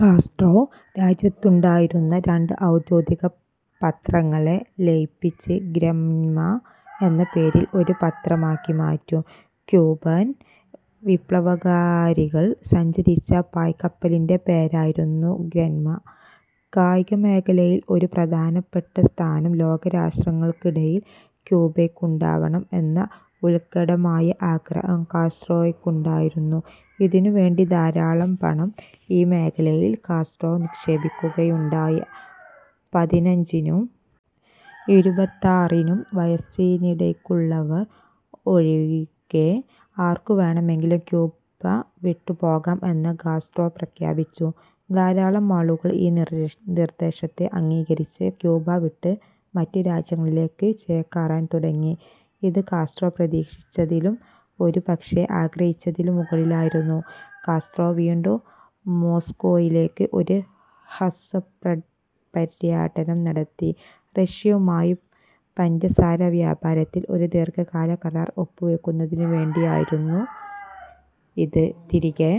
Castro രാജ്യത്തുണ്ടായിരുന്ന രണ്ട് ഔദ്യോഗിക പത്രങ്ങളെ ലയിപ്പിച്ച് ഗ്രന്മ എന്ന പേരിൽ ഒരു പത്രമാക്കി മാറ്റി. ക്യൂബൻ വിപ്ലവകാരികൾ സഞ്ചരിച്ച പായ്ക്കപ്പലിൻറെ പേരായിരുന്നു ഗ്രന്മ. കായികമേഖലയിൽ ഒരു പ്രധാനപ്പെട്ട സ്ഥാനം ലോകരാഷ്ട്രങ്ങൾക്കിടയിൽ ക്യൂബയ്ക്കുണ്ടാവണം എന്ന ഉൽക്കടമായ ആഗ്രഹം കാസ്ട്രോയ്ക്കുണ്ടായിരുന്നു. ഇതിനുവേണ്ടി ധാരാളം പണം ഈ മേഖലയിൽ കാസ്ട്രോ നിക്ഷേപിക്കുകയുണ്ടായി. പതിനഞ്ചിനും ഇരുപത്താറിനും വയസ്സിനിടയ്ക്കുള്ളവർ ഒഴികെ ആർക്കുവേണമെങ്കിലും ക്യൂബ വിട്ടുപോകാം എന്ന് കാസ്ട്രോ പ്രഖ്യാപിച്ചു. ധാരാളം ആളുകൾ ഈ നിർദ്ദേശത്തെ അംഗീകരിച്ച് ക്യൂബ വിട്ട് മറ്റു രാജ്യങ്ങളിലേക്കു ചേക്കേറാൻ തുടങ്ങി. ഇത് കാസ്ട്രോ പ്രതീക്ഷിച്ചതിലും, ഒരു പക്ഷേ ആഗ്രഹിച്ചതിലും മുകളിലായിരുന്നു. കാസ്ട്രോ വീണ്ടും മോസ്കോയിലേക്ക് ഒരു ഹ്രസ്വപര്യടനം നടത്തി. റഷ്യയുമായി പഞ്ചസാരവ്യാപാരത്തിൽ ഒരു ദീർഘകാല കരാർ ഒപ്പുവെക്കുന്നതിനുവേണ്ടിയായിരുന്നു ഇത്. തിരികെ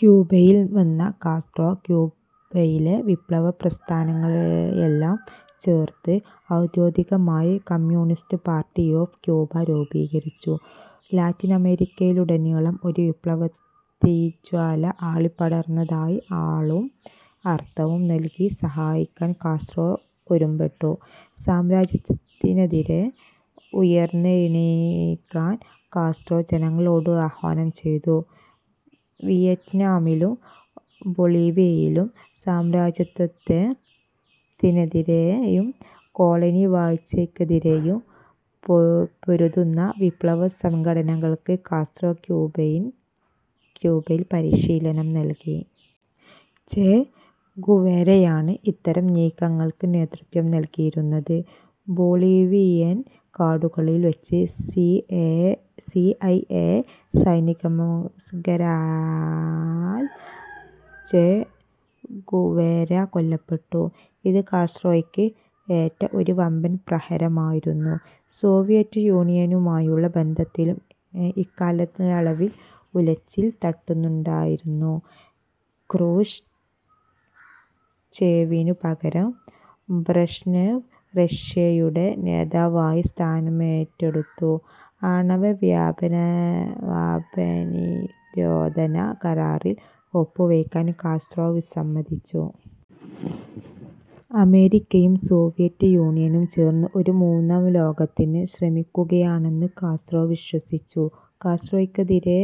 ക്യൂബയിൽ വന്ന കാസ്ട്രോ ക്യൂബയിലെ വിപ്ലവപ്രസ്ഥാനങ്ങളെയെല്ലാം ചേർത്ത് ഔദ്യോഗികമായി കമ്മ്യൂണിസ്റ്റ് പാർട്ടി ഓഫ് ക്യൂബ രൂപീകരിച്ചു. ലാറ്റിനമേരിക്കയിലുടനീളം ഒരു വിപ്ലവത്തീജ്വാല ആളിപ്പടർത്താനായി ആളും അർത്ഥവും നൽകി സഹായിക്കാൻ കാസ്ട്രോ ഒരുമ്പെട്ടു. സാമ്രാജ്യത്വത്തിനെതിരേ ഉയർന്നെണീക്കാൻ കാസ്ട്രോ ജനങ്ങളോട് ആഹ്വാനം ചെയ്തു. വിയറ്റ്നാമിലും ബൊളീവിയയിലും സാമ്രാജ്യത്വത്തിനെതിരേയും കോളനിവാഴ്ചയ്ക്കെതിരേയും പൊരുതുന്ന വിപ്ലവസംഘടനകൾക്ക് കാസ്ട്രോ ക്യൂബയിൽ പരിശീലനം നൽകി. ചെ ഗുവേരയാണ് ഇത്തരം നീക്കങ്ങൾക്ക് നേതൃത്വം നൽകിയിരുന്നത്. ബൊളീവിയൻ കാടുകളിൽവച്ച് സി ഐ എ സൈനികരാൽ ചെ ഗുവേര കൊല്ലപ്പെട്ടു. ഇത് കാസ്ട്രോയ്ക്ക് ഏറ്റ ഒരു വമ്പൻ പ്രഹരമായിരുന്നു. സോവിയറ്റ് യൂണിയനുമായുള്ള ബന്ധത്തിനും ഇക്കാലയളവിൽ ഉലച്ചിൽ തട്ടുന്നുണ്ടായിരുന്നു. ക്രൂഷ്ചേവിനു പകരം ബ്രഷ്നേവ് റഷ്യയുടെ നേതാവായി സ്ഥാനമേറ്റെടുത്തു. ആണവവ്യാപനനിരോധന കരാറിൽ ഒപ്പുവയ്ക്കാൻ കാസ്ട്രോ വിസമ്മതിച്ചു. അമേരിക്കയും സോവിയറ്റ് യൂണിയനും ചേർന്ന് ഒരു മൂന്നാംലോകത്തിനു ശ്രമിക്കുകയാണെന്ന് കാസ്ട്രോ വിശ്വസിച്ചു. കാസ്ട്രോയ്ക്കെതിരേ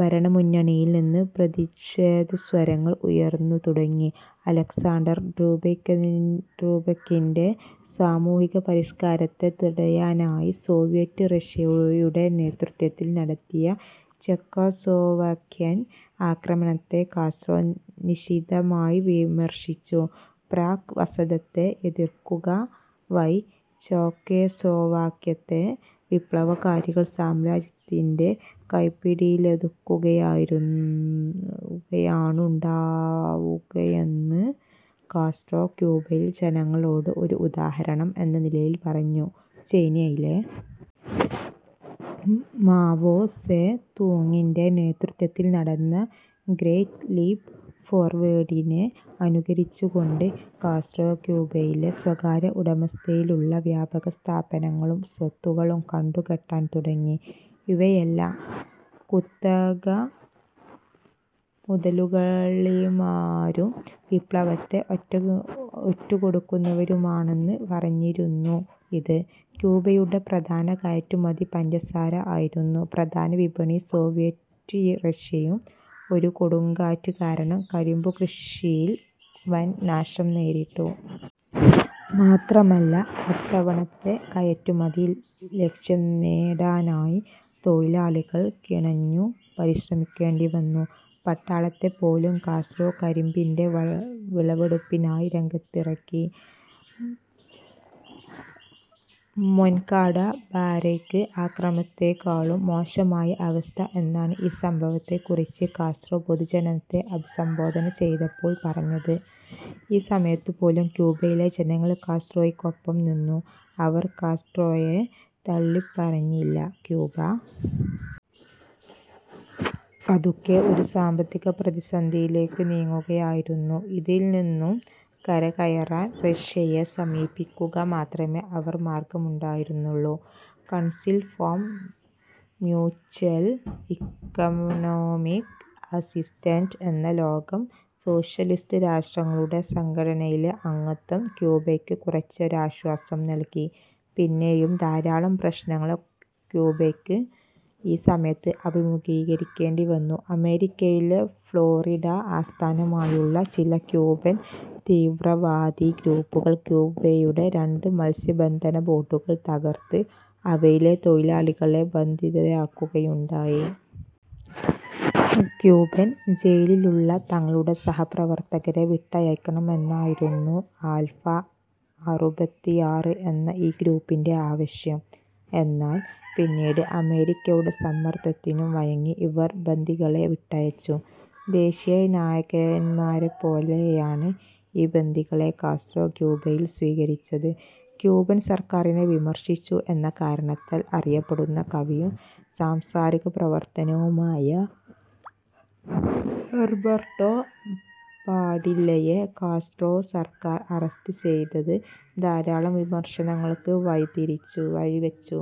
ഭരണ മുന്നണിയിൽനിന്നും പ്രതിഷേധസ്വരങ്ങൾ ഉയർന്നുതുടങ്ങി. അലക്സാണ്ടർ ഡ്യൂബെക്കിൻറെ സാമൂഹിക പരിഷ്കരണത്തെ തടയാനായി സോവിയറ്റ് റഷ്യയുടെ നേതൃത്വത്തിൽ നടത്തിയ ചെക്കോസ്ലോവാക്യൻ ആക്രമണത്തെ കാസ്ട്രോ നിശിതമായി വിമർശിച്ചു. പ്രാഗ് വസന്തത്തെ എതിർക്കുക വഴി ചെക്കോസ്ലോവാക്യയിലെ വിപ്ലവകാരികൾ സാമ്രാജ്യത്വത്തിൻറെ കൈപ്പിടിയിലൊതുങ്ങുകയാണുണ്ടാവുകയെന്ന് കാസ്ട്രോ ക്യൂബയിലെ ജനങ്ങളോട് ഒരു ഉദാഹരണം എന്ന നിലയിൽ പറഞ്ഞു. ചൈനയിലെ മാവോ സേ തൂങ്ങിൻറെ നേതൃത്വത്തിൽ നടന്ന ഗ്രേറ്റ് ലീപ് ഫോർവേഡിനെ അനുകരിച്ചുകൊണ്ട് കാസ്ട്രോ ക്യൂബയിലെ സ്വകാര്യ ഉടമസ്ഥതയിലുള്ള വ്യാപാരസ്ഥാപനങ്ങളും സ്വത്തുക്കളും കണ്ടുകെട്ടാൻ തുടങ്ങി. ഇവരെല്ലാം കുത്തകമുതലാളിമാരും വിപ്ലവത്തെ ഒറ്റുകൊടുക്കുന്നവരുമാണെന്ന് പറഞ്ഞായിരുന്നു ഇത്. ക്യൂബയുടെ പ്രധാന കയറ്റുമതി പഞ്ചസാര ആയിരുന്നു. പ്രധാന വിപണി സോവിയറ്റ് റഷ്യയും. ഒരു കൊടുങ്കാറ്റ് കാരണം കരിമ്പുകൃഷിയിൽ വൻ നാശം നേരിട്ടു. മാത്രമല്ല, അത്തവണത്തെ കയറ്റുമതി ലക്ഷ്യം നേടാനായി തൊഴിലാളികൾ കിണഞ്ഞു പരിശ്രമിക്കേണ്ടിവന്നു. പട്ടാളത്തെപ്പോലും കാസ്ട്രോ കരിമ്പിൻറെ വിളവെടുപ്പിനായി രംഗത്തിറക്കി. മൊൻകാട ബാരക്ക് ആക്രമണത്തേക്കാളും മോശമായ അവസ്ഥ എന്നാണ് ഈ സംഭവത്തെക്കുറിച്ച് കാസ്ട്രോ പൊതുജനത്തെ അഭിസംബോധന ചെയ്തപ്പോൾ പറഞ്ഞത്. ഈ സമയത്തുപോലും ക്യൂബയിലെ ജനങ്ങൾ കാസ്ട്രോയ്ക്കൊപ്പം നിന്നു. അവർ കാസ്ട്രോയെ തള്ളിപ്പറഞ്ഞില്ല. ക്യൂബ പതുക്കെ ഒരു സാമ്പത്തിക പ്രതിസന്ധിയിലേക്കു നീങ്ങുകയായിരുന്നു. ഇതിൽനിന്നും കരകയറാൻ റഷ്യയെ സമീപിക്കുക മാത്രമേ അവർക്ക് മാർഗ്ഗമുണ്ടായിരുന്നുള്ളൂ. Council for Mutual Economic Assistance എന്ന ലോക സോഷ്യലിസ്റ്റ് രാഷ്ട്രങ്ങളുടെ സംഘടനയിലെ അംഗത്വം ക്യൂബയ്ക്ക് കുറച്ചൊരാശ്വാസം നൽകി. പിന്നെയും ധാരാളം പ്രശ്നങ്ങൾ ക്യൂബയ്ക്ക് ഈ സമയത്ത് അഭിമുഖീകരിക്കേണ്ടിവന്നു. അമേരിക്കയിലെ ഫ്ലോറിഡ ആസ്ഥാനമായുള്ള ചില ക്യൂബൻ തീവ്രവാദി ഗ്രൂപ്പുകൾ ക്യൂബയുടെ രണ്ട് മത്സ്യബന്ധന ബോട്ടുകൾ തകർത്ത് അവയിലെ തൊഴിലാളികളെ ബന്ദികളാക്കുകയുണ്ടായി. ക്യൂബൻ ജയിലിലുള്ള തങ്ങളുടെ സഹപ്രവർത്തകരെ വിട്ടയക്കണം എന്നതായിരുന്നു ആൽഫ അറുപത്തിയാറ് എന്ന ഈ ഗ്രൂപ്പിൻറെ ആവശ്യം. എന്നാൽ പിന്നീട് അമേരിക്കയുടെ സമ്മർദ്ദത്തിനു വഴങ്ങി ഇവർ ബന്ദികളെ വിട്ടയച്ചു. ദേശീയ നായകന്മാരെപ്പോലെയാണ് ഈ ബന്ദികളെ കാസ്ട്രോ ക്യൂബയിൽ സ്വീകരിച്ചത്. ക്യൂബൻ സർക്കാരിനെ വിമർശിച്ചു എന്ന കാരണത്താൽ അറിയപ്പെടുന്ന കവിയും സാംസ്കാരികപ്രവർത്തകനുമായ ഹെർബർട്ടോ പാഡില്ലയെ കാസ്ട്രോ സർക്കാർ അറസ്റ്റ് ചെയ്തത് ധാരാളം വിമർശനങ്ങൾക്ക് വഴിവച്ചു.